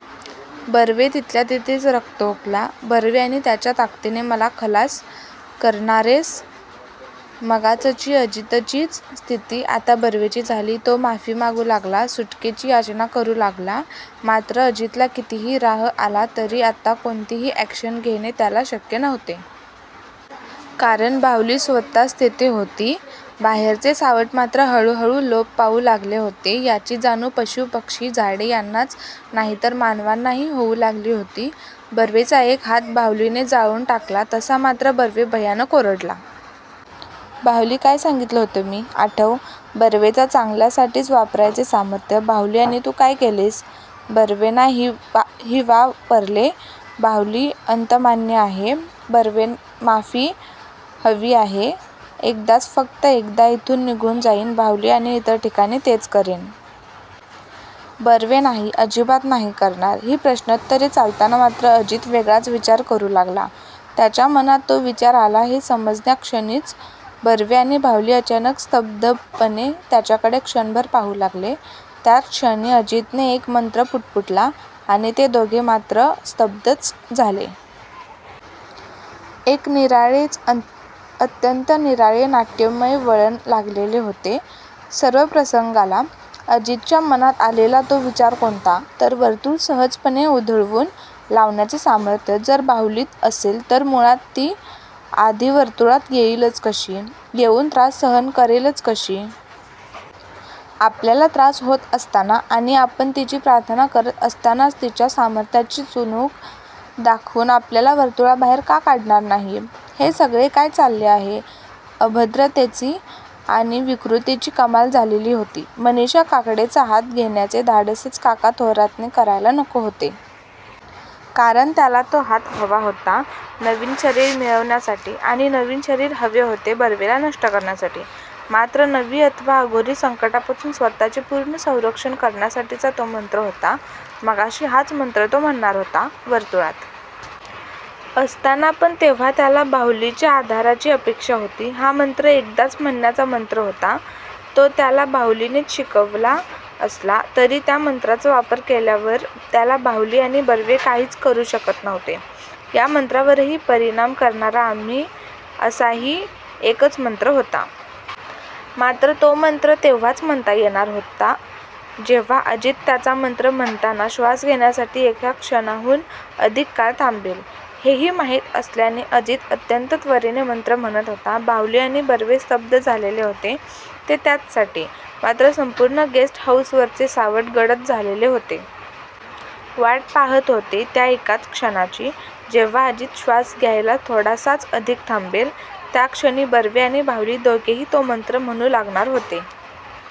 बर्वे तिथल्यातिथेच रक्त ओकला. बर्वे आणि त्याच्या ताकदीने मला खलास करणारेस? मगाचची अजितचीच स्थिती आता बर्वेची झाली. तो माफी मागू लागला. सुटकेची याचना करू लागला. मात्र अजितला कितीही राह आला तरी आत्ता कोणतीही अॅक्शन घेणे त्याला शक्य नव्हते. कारण बाहुली स्वतःच तेथे होती. बाहेरचे सावट मात्र हळू-हळू लोप पावू लागले होते.याची जाणीव पशू पक्षी झाडे यांनाच नाही तर मानवांनाही होऊ लागली होती. बर्वेचा एक हात बाहुलीने जाळून टाकला तसा मात्र बर्वे भयानक ओरडला. बाहुली काय सांगितलं होतं मी? आठव. बर्वेचां. चांगल्या. साठी.च. वापरायचे सामर्थ्य. बाहुली आणि तू काय केलेस? बर्वे ना. ही वा.परले. बाहुली अंत मान्य आहे? बर्वे मा.माफी, हवी आहे. एकदाच, फक्त एकदा. इथून निघून जाईन. बाहुली आणि इतर ठिकाणी तेच करेन. बर्वे नाही. अजिबात नाही करणार.ही प्रश्नोत्तरे चालताना मात्र अजित वेगळाच विचार करू लागला. त्याच्या मनात तो विचार आला हे समजल्याक्षणीच बर्वे आणि बाहुली अचानक स्तब्धपणे त्याच्याकडे क्षणभर पाहू लागले. त्याच क्षणी अजितने एक मंत्र पुटपुटला आणि ते दोघे मात्र स्तब्धच झाले.. एक निराळेच. अत्यंत निराळे नाट्यमय वळण लागलेले होते सर्व प्रसंगाला. अजितच्या मनात आलेला तो विचार कोणता? तर वर्तुळ सहजपणे उधळवून लावण्याचे सामर्थ्य जर बाहुलीत असेल. तर मुळात ती आधी वर्तुळात येईलच कशी? येऊन त्रास सहन करेलच कशी? आपल्याला त्रास होत असताना आणि आपण तिची प्रार्थना करत असतानाच तिच्या सामर्थ्याची चुणूक दाखवून आपल्याला वर्तुळाबाहेर का काढणार नाही? हे सगळे काय चाललेले आहे? अभद्रतेची आणि विकृतीची कमाल झालेली होती. मनीषा काकडेचा हात घेण्याचे धाडसच काका थोरातने करायला नको होते. कारण त्याला तो हात हवा होता नवीन शरीर मिळवण्यासाठी. आणि नवीन शरीर हवे होते बर्वेला नष्ट करण्यासाठी, मात्र नवी अथवा अघोरी संकटापासून स्वतःचे पूर्ण संरक्षण करण्यासाठीचा तो मंत्र होता. मगाशी हाच मंत्र तो म्हणणार होता. वर्तुळात असताना. पण तेव्हा त्याला बाहुलीच्या आधाराची अपेक्षा होती. हा मंत्र एकदाच म्हणण्याचा मंत्र होता.तो त्याला बाहुलीनेच शिकवला असला तरी त्या मंत्राचा वापर केल्यावर त्याला बाहुली आणि बर्वे काहीच करू शकत नव्हते.या मंत्रावरही परिणाम करणारा असाही एकच मंत्र होता.. मात्र तो मंत्र तेव्हाच म्हणता येणार होत जेव्हा अजित त्याचा मंत्र म्हणताना श्वास घेण्यासाठी एका क्षणाहून अधिक काळ थांबेल.. हेही माहीत असल्याने अजित अत्यंत त्वरेने मंत्र म्हणत होता.. बाहुली आणि बर्वे स्तब्ध झालेले होते ते त्याचसाठी मात्र संपूर्ण गेस्ट हाऊसवरचे सावट गडद झालेले होते. वाट पाहात होते त्या एकाच क्षणाची. जेव्हा अजित श्वास घ्यायला थोडासाच अधिक थांबेल. त्या क्षणी बर्वे आणी बाहुली दोघेही तो मंत्र म्हणू लागणार होते.